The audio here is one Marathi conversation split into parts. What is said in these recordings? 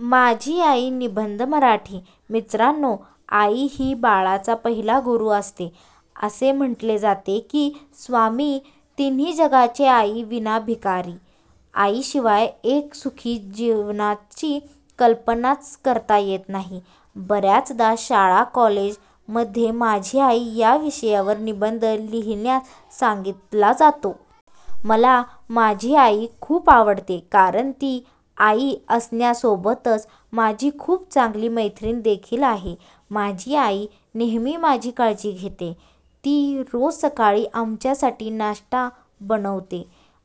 माझी आई निबंध मराठी: मित्रानो आई ही बाळाचा पहिला गुरु असते. असे म्हटले जाते की 'स्वामी तिन्ही जगाचा आई विना भिकारी'. आई शिवाय एक सुखी जीवनाची कल्पनाच करता येत नाही. बऱ्याचदा शाळा कॉलेज मध्ये माझी आई या विषयवार निबंध लिहिण्यास सांगीतला जातो. मला माझी आई खूप आवडते कारण ती आई असण्यासोबतच माझी खूप चांगली मैत्रीण देखील आहे. माझी आई नेहमी माझी काळजी घेते. ती रोज सकाळी आमच्यासाठी नाश्ता बनवते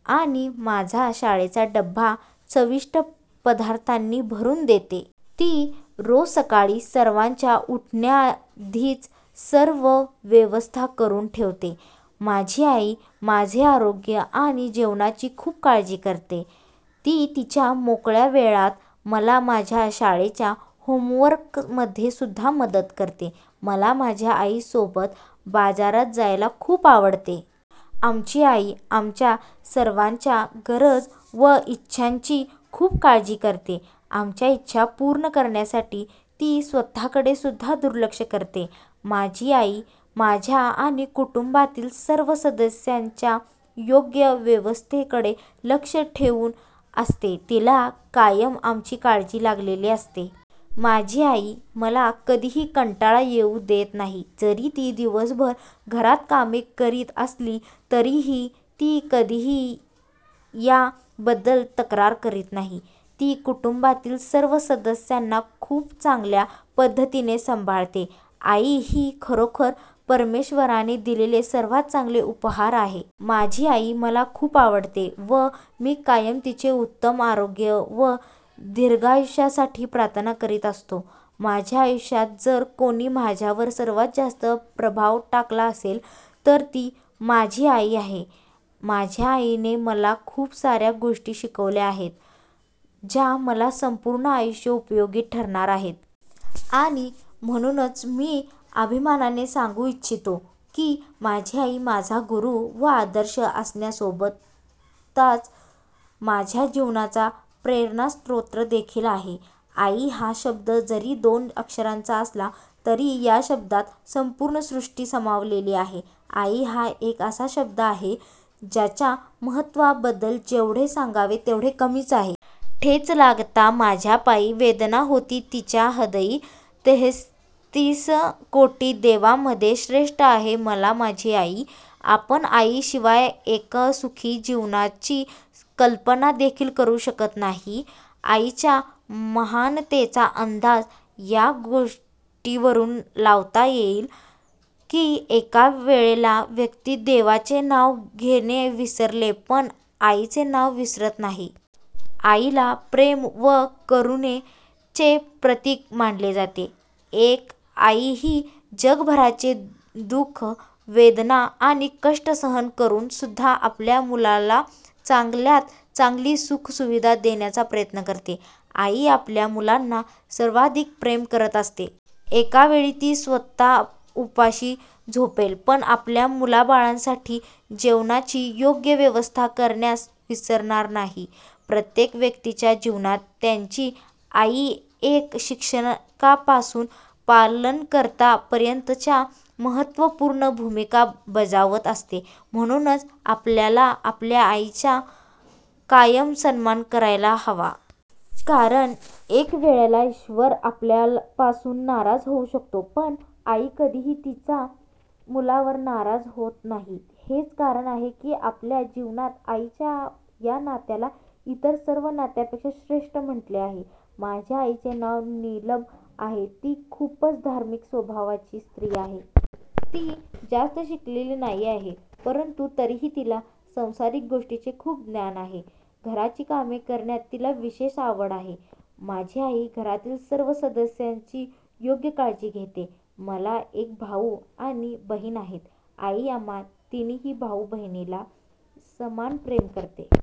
आणि माझा शाळेचा डब्बा चविष्ट पदार्थांनी भरून देते. ती रोज सकाळी सर्वांच्या उठण्याधीच सर्व व्यवस्था करून ठेवते. माझी आई माझे आरोग्य आणि जेवणाची खूप काळजी करते. ती तिच्या मोकळ्या वेळात मला माझ्या शाळेच्या होमवर्क मध्ये सुद्धा मदत करते. मला माझ्या आई सोबत बाजारात जायला खूप आवडते. माझी आई आमच्या सर्वांच्या गरज व इच्छांची खूप काळजी करते. आमच्या इच्छा पूर्ण करण्यासाठी ती स्वतः कडे सुद्धा दुर्लक्ष करते. माझी आई माझ्या आणि कुटुंबातील सर्व सदस्यांच्या योग्य व्यवस्थेकडे लक्ष ठेऊन असते, तिला कायम आमची काळजी लागलेली असते. माझी आई मला कधीही कंटाळा येऊ देत नाही. जरी ती दिवसभर घरात कामे करीत असली तरीही ती कधीही या बद्दल तक्रार करीत नाही. ती कुटुंबातील सर्व सदस्यांना खूप चांगल्या पद्धतीने सांभाळते. आई ही खरोखर परमेश्वराने दिलेले सर्वात चांगले उपहार आहे. माझी आई मला खूप आवडते व मी कायम तिचे उत्तम आरोग्य व दीर्घायुष्यासाठी प्रार्थना करीत असतो. माझ्या आयुष्यात जर कोणी माझ्यावर सर्वात जास्त प्रभाव टाकला असेल, तर ती माझी आई आहे. माझ्या आईने मला खूप साऱ्या गोष्टी शिकवल्या आहेत, ज्या मला संपूर्ण आयुष्य उपयोगी ठरणार आहेत. आणि म्हणूनच मी अभिमानाने सांगू इच्छितो की माझी आई माझा गुरु व आदर्श असण्यासोबताच माझ्या जीवनाचा प्रेणास्रोत देखील आहे. आई हा शब्द जरी दोन अक्षरांचा असला तरी या शब्दात संपूर्ण सृष्टि समावलेली आहे, आई हा एक असा शब्द आहे ज्याच्या महत्त्वाबद्दल जेवढे सांगावे तेवढे कमीच आहे. ठेच लागता माझ्या पायी, वेदना होती तिच्या हृदयी तेहतीस कोटी देवांमध्ये, श्रेष्ठ आहे मला माझी आई आपण आई शिवाय एका सुखी जीवनाची कल्पना देखील करू शकत नाही. आईच्या महानतेचा अंदाज याच गोष्टीवरून लावता येईल की एका वेळेला व्यक्ती देवाचे नाव घेणे विसरेल पण आई चे नाव विसरत नाही. आईला प्रेम व करुणे चे प्रतीक मानले जाते. एक आई ही जगभराचे दुख, वेदना आणि कष्ट सहन करून सुद्धा आपल्या मुलाला चांगल्यात चांगली सुख सुविधा देण्याचा प्रयत्न करते. आई आपल्या मुलांना सर्वाधिक प्रेम करत असते. एका वेळी ती स्वतः उपाशी झोपेल पण आपल्या मुलाबाळांसाठी जेवणाची योग्य व्यवस्था करण्यास विसरणार नाही. प्रत्येक व्यक्तीच्या जीवनात त्यांची आई एका शिक्षकापासून पालनकर्ता पर्यंत च्या महत्त्वपूर्ण भूमिका बजावत असते. म्हणूनच आपल्याला आपल्या आईचा कायम सन्मान करायला हवा. कारण एक वेळेला ईश्वर आपल्यापासून नाराज होऊ शकतो पण आई कधीही तिच्या मुलांवर नाराज होत नाही. हेच कारण आहे की आपल्या जीवनात आईच्या या नात्याला इतर सर्व नात्यापेक्षा श्रेष्ठ म्हटले आहे. माझ्या आईचे नाव निलम आहे ती खूपच धार्मिक स्वभावाची स्त्री आहे. ती जास्त शिकलेली नाही आहे. परंतु तरीही तिला सांसारिक गोष्टींचे खूप ज्ञान आहे. घराची कामे करण्यात तिला विशेष आवड आहे. माझी आई घरातील सर्व सदस्यांची योग्य काळजी घेते. मला एक भाऊ आणि बहीण आहेत. आई आम्हा तीनही भाऊ बहिणीला समान प्रेम करते.